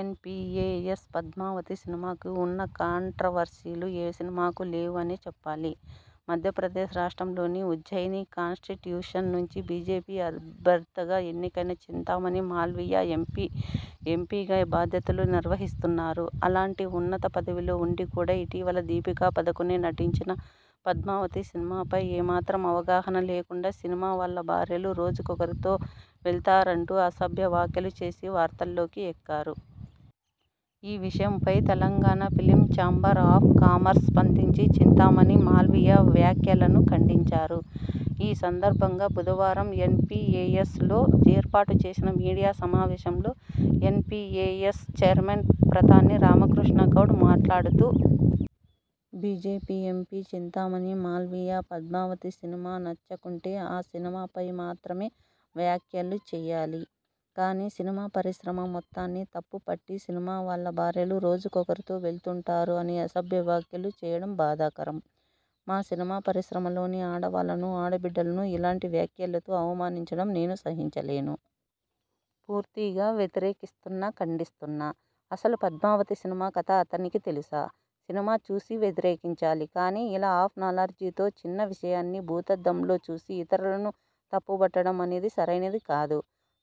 N P A S 'Padmavati' సినిమాకు ఉన్న కాంట్రవర్సీలు ఏ సినిమాకు లేవు అనే చెప్పాలి. మధ్యప్రదేశ్ రాష్ట్రంలోని ఉజ్జయిని కాన్స్టిట్యూషన్ నుంచి బీజేపీ అభ్యర్థిగా ఎన్నికైన చింతామణి మాల్వియా ఎంపీ ఎంపీగా బాధ్యతలు నిర్వహిస్తున్నారు. అలాంటి ఉన్నత పదవిలో ఉండి కూడా ఇటీవల దీపికా పదుకునే నటించిన 'పద్మావతి' సినిమాపై ఏమాత్రం అవగాహన లేకుండా సినిమా వాళ్ళ భార్యలు రోజుకొకరితో వెళ్తారంటూ అసభ్య వా ఖ్యలు చేసి వార్తల్లోకి ఎక్కారు. ఈ విషయంపై Telangana film chamber of commerce స్పందించి చింతామణి మాల్వియా వ్యాఖ్యలను ఖండించారు. ఈ సందర్బంగా బుధవారం ఎన్ పి ఏ ఎస్ లో ఏర్పాటు చేసిన మీడియా సమావేశంలో N P A S chairman Pratani Ramakrishna Goud మాట్లాడుతూ.. ''BJP MP Chintamani Malviya 'Padmavati' cinema నచ్చకుంటే ఆ సినిమాపై మాత్రమే వ్యాఖ్యలు చేయాలి కానీ సినిమా పరిశ్రమ మొత్తాన్ని తప్పు పట్టి సినిమా వాళ్ళ భార్యలు రోజుకొకరితో వెళ్తుంటారు అని అసభ్య వ్యాఖ్యలు చేయడం బాధాకరం. మా సినిమా పరిశ్రమలోని ఆడవాళ్లను, ఆడ బిడ్డలను ఇలాంటి వ్యాఖ్యలతో అవమానించడం నేను సహించలేను. పూర్తిగా వ్యతిరేకిస్తున్నా, ఖండిస్తున్నా. అసలు పద్మావతి సినిమా కథ అతనికి తెలుసా? సినిమా చూసి వ్యతిరేకించాలి కానీ ఇలా ఆఫ్ నాలెడ్జితో చిన్న విషయాన్ని భూతద్దంలో చూసి ఇతరులను తప్పుపట్టడం అనేది సరైనది కాదు.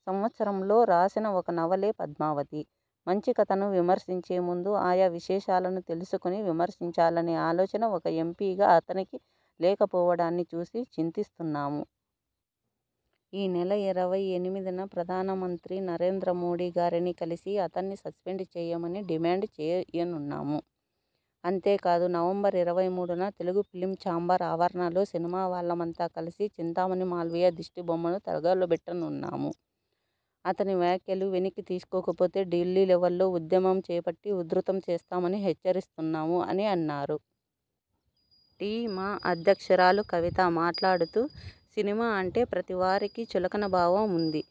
సంవత్సరంలో లో రాసిన ఒక నవలే పద్మావతి. మంచి కథను విమర్శించే ముందు ఆయా విశేషాలను తెలుసుకొని విమర్శించాలనే ఆలోచన ఒక ఎంపీగా అతనికి లేకపోవడాన్ని చూసి చింతిస్తున్నాము. ఈ నెల ఇరవై ఎనిమిదిన ప్రధాన మంత్రి నరేంద్ర మోడీ గారిని కలసి అతన్ని సస్పెండ్ చేయమని డిమాండ్ చేయనున్నాము. అంతే కాదు నవంబర్ ఇరవై మూడున తెలుగు ఫిలిం ఛాంబర్ ఆవరణలో సినిమా వాళ్లమంతా కలసి చింతామణి మాల్వియా దిష్టి బొమ్మను తగలబెట్టనున్నాము. అతని వ్యాఖ్యలు వెనక్కి తీసుకోకపోతే ఢిల్లీ లెవెల్లో ఉద్యమం చేపట్టి ఉధృతం చేస్తామని హెచ్చరిస్తున్నాము'' అని అన్నారు. టి. మా అధ్యక్షురాలు కవిత మాట్లాడుతూ.. ''సినిమా అంటే ప్రతి వారికి చులకన భావం ఉంది.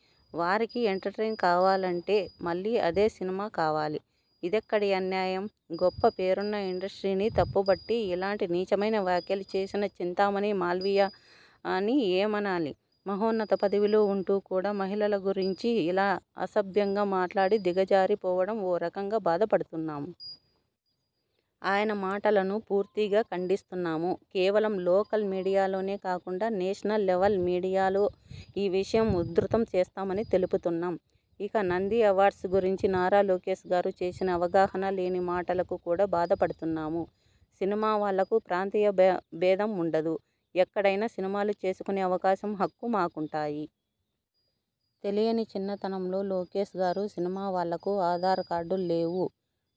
వారికి ఎంటర్టైన్ కావాలంటే మళ్ళీ అదే సినిమా కావాలి. ఇదెక్కడి అన్యాయం. గొప్ప పేరున్న ఇండస్ట్రీని తప్పుపట్టి ఇలాంటి నీచమైన వ్యాఖ్యలు చేసిన చింతామణి మాల్వియాని ఏమనాలి? మహోన్నత పదవిలో ఉంటూ కూడా మహిళల గురించి ఇలా అసభ్యంగా మాట్లాడి దిగజారి పోవడం ఓ రకంగా బాధపడుతున్నాము. ఆయన మాటలను పూర్తిగా ఖండిస్తున్నాము. కేవలం లోకల్ మీడియాలోనే కాకుండా నేషనల్ లెవెల్ మీడియాలో ఈ విషయం ఉధృతం చేస్తామని తెలుపుతున్నాం. ఇక నంది అవార్డ్స్ గురుంచి నారా లోకేష్ గారు చేసిన అవగాహన లేని మాటలకు కూడా బాధపడుతున్నాము. సినిమా వాళ్లకు ప్రాంతీయ భే భేధం ఉండదు, ఎక్కడైనా సినిమాలు చేసుకునే అవకాశం హక్కు మాకుంటాయి. తెలియని చిన్నతనం లో లోకేష్ గారు సినిమా వాళ్లకు ఆధార్ కార్డులు లేవు,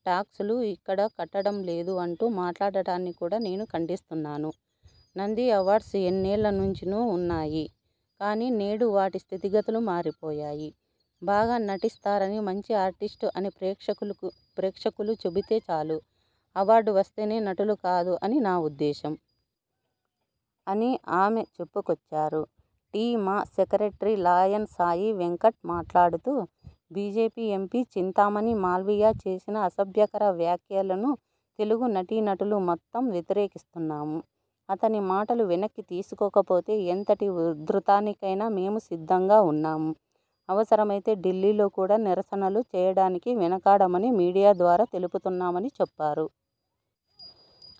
టాక్స్ లు ఇక్కడ కట్టడం లేదు అంటూ మాట్లాడటాన్ని కూడా నేను ఖండిస్తున్నాను. నంది అవార్డ్స్ ఎన్నేళ్ల నుంచో ఉన్నాయి. కానీ నేడు వాటి స్థితి గతులు మారిపోయాయి. బాగా నటిస్తారని, మంచి ఆర్టిస్ట్ అని ప్రేక్షకులు కు చెపితే చాలు అవార్డు వస్తేనే నటులు కాదు అని నా ఉద్దేశ్యం.. '' అని ఆమె చెప్పుకొచ్చారు. టి. మా సెక్రటరీ లయన్ సాయి వెంకట్ మాట్లాడుతూ.. ''బీజేపీ ఎంపీ చింతామణి మాల్వియా చేసిన అసభ్యకర వ్యాఖ్యలను తెలుగు నటీనటులు మొత్తం వ్యతిరేకిస్తున్నాము. అతని మాటలు వెనక్కి తీసుకోకపోతే ఎంతటి ఉధృతానికైనా మేము సిద్ధంగా ఉన్నాము. అవసరమైతే ఢిల్లీలో కూడా నిరసనలు చేయడానికి వెనుకాడమని మీడియా ద్వారా తెలుపుతున్నామని'' చెప్పారు.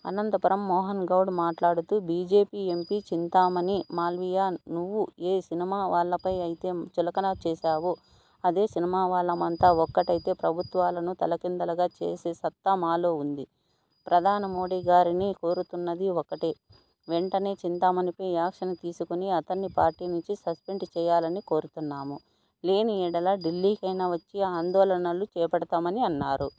అనంతరం మోహన్ గౌడ్ మాట్లాడుతూ.. ''బీజేపీ ఎంపీ చింతామణి మాల్వియా.. నువ్వు ఏ సినిమా వాళ్లపై అయితే చులకన చేసావో అదే సినిమా వాళ్లమంతా ఒక్కటైతే ప్రభుత్వాలను తలకిందులుగా చేసే సత్తా మాలో ఉంది. ప్రధాని మోడీ గారిని కోరుతున్నది ఒక్కటే వెంటనే చింతామణిపై యాక్షన్ తీసుకొని అతన్ని పార్టీ నుంచి సస్పెండ్ చేయాలని కోరుతున్నాము. లేని యెడల ఢిల్లీకైనా వచ్చి ఆందోళనలు చేపడతామని'' అన్నారు.